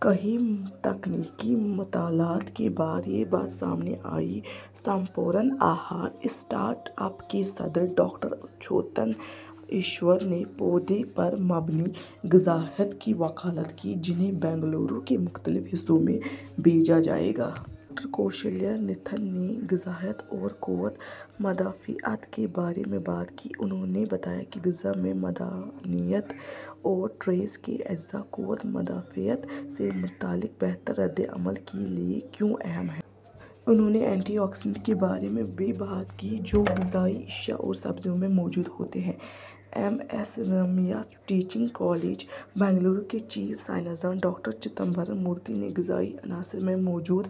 کئی تحقیقی مطالعات کے بعد یہ بات سامنے آئی ہے۔ ''سمپورن آہار'' اسٹارٹ اپ کے صدر ڈاکٹر اچوتن ایشور نے پودے پر مبنی غذائیت کی وکالت کی جنہیں بنگلورو کے مختلف حصوں میں بھیجا جائے گا۔ ڈاکٹر کوشلیا ناتھن نے غذائیت اور قوت مدافعت کے بارے میں بات کی۔ انہو ں نے بتایا کہ غذا میں معدنیات اور ٹریس کے اجزاء قوت مدافعت سے متعلق بہتر رد عمل کے لئے کیوں اہم ہیں۔ انہوں نے اینٹی آکسی ڈینٹ کے بارے میں بھی بات کی جو غذائی اشیاء اور سبزیوں میں موجود ہوتے ہیں۔ M S Ramaiah teaching college, Bengaluru کے چیف سائنسداں ڈاکٹر چدمبرم مورتی نے غذائی عناصر میں موجود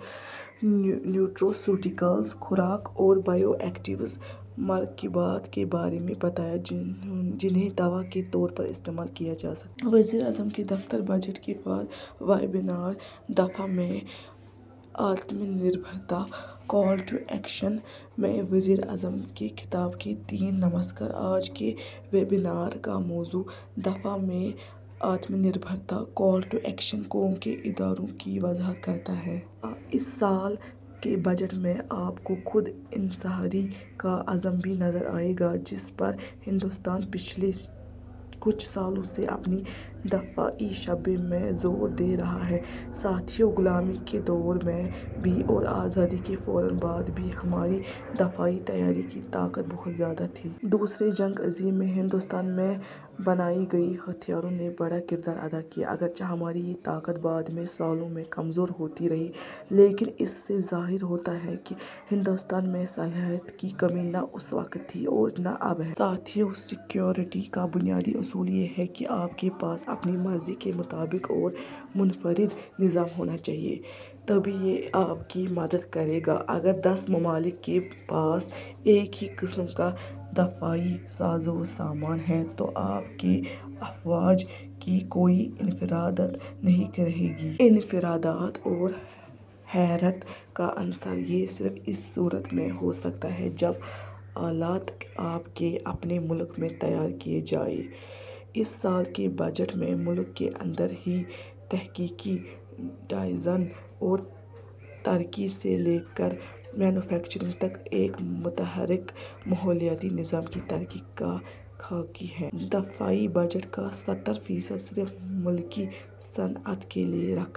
نیوٹراسیوٹیکلز، تفاعلی خوراک اور بائیو ایکٹیو مرکبات کے بارے میں بتایا جنہیں دوا کے طور پر استعمال کیا جاسکتا ہے۔ وزیراعظم کا دفتر بجٹ کے بعد ویبینار 'دفاع میں آتم نربھرتا کال ٹو ایکشن' میں وزیر اعظم کے خطاب کا متن نمسکار! آج کے ویبنار کا موضوع، دفاع میں آتم نربھرتا کال ٹو ایکشن، قوم کے ارادوں کی وضاحت کرتا ہے۔ اس سال کے بجٹ میں آپ کو خود انحصاری کا عزم بھی نظر آئے گا جس پر ہندوستان پچھلے کچھ سالوں سے اپنے دفاعی شعبے میں زور دے رہا ہے۔ ساتھیوں، غلامی کے دور میں بھی اور آزادی کے فوراً بعد بھی ہماری دفاعی تیاری کی طاقت بہت زیادہ تھی۔ دوسری جنگ عظیم میں ہندوستان میں بنائے گئے ہتھیاروں نے بڑا کردار ادا کیا۔ اگرچہ ہماری یہ طاقت بعد کے سالوں میں کمزور ہوتی رہی، لیکن اس سے ظاہر ہوتا ہے کہ ہندوستان میں صلاحیت کی کمی نہ اس وقت تھی اور نہ اب ہے۔ ساتھیوں، سیکورٹی کا بنیادی اصول یہ ہے کہ آپ کے پاس اپنی مرضی کے مطابق اور منفرد نظام ہونا چاہیے، تبھی یہ آپ کی مدد کرے گا۔ اگر دس ممالک کے پاس ایک ہی قسم کا دفاعی سازوسامان ہے تو آپ کی افواج کی کوئی انفرادیت نہیں رہے گی۔ انفرادیت اور حیرت کا عنصر، یہ صرف اس صورت میں ہو سکتا ہے جب آلات آپ کے اپنے ملک میں تیار کیے جائیں۔ اس سال کے بجٹ میں ملک کے اندر ہی تحقیق، ڈیزائن اور ترقی سے لے کر مینوفیکچرنگ تک ایک متحرک ماحولیاتی نظام کی ترقی کا خاکہ ہے۔ دفاعی بجٹ کا ستر فیصد صرف ملکی صنعت کے لیے رکھا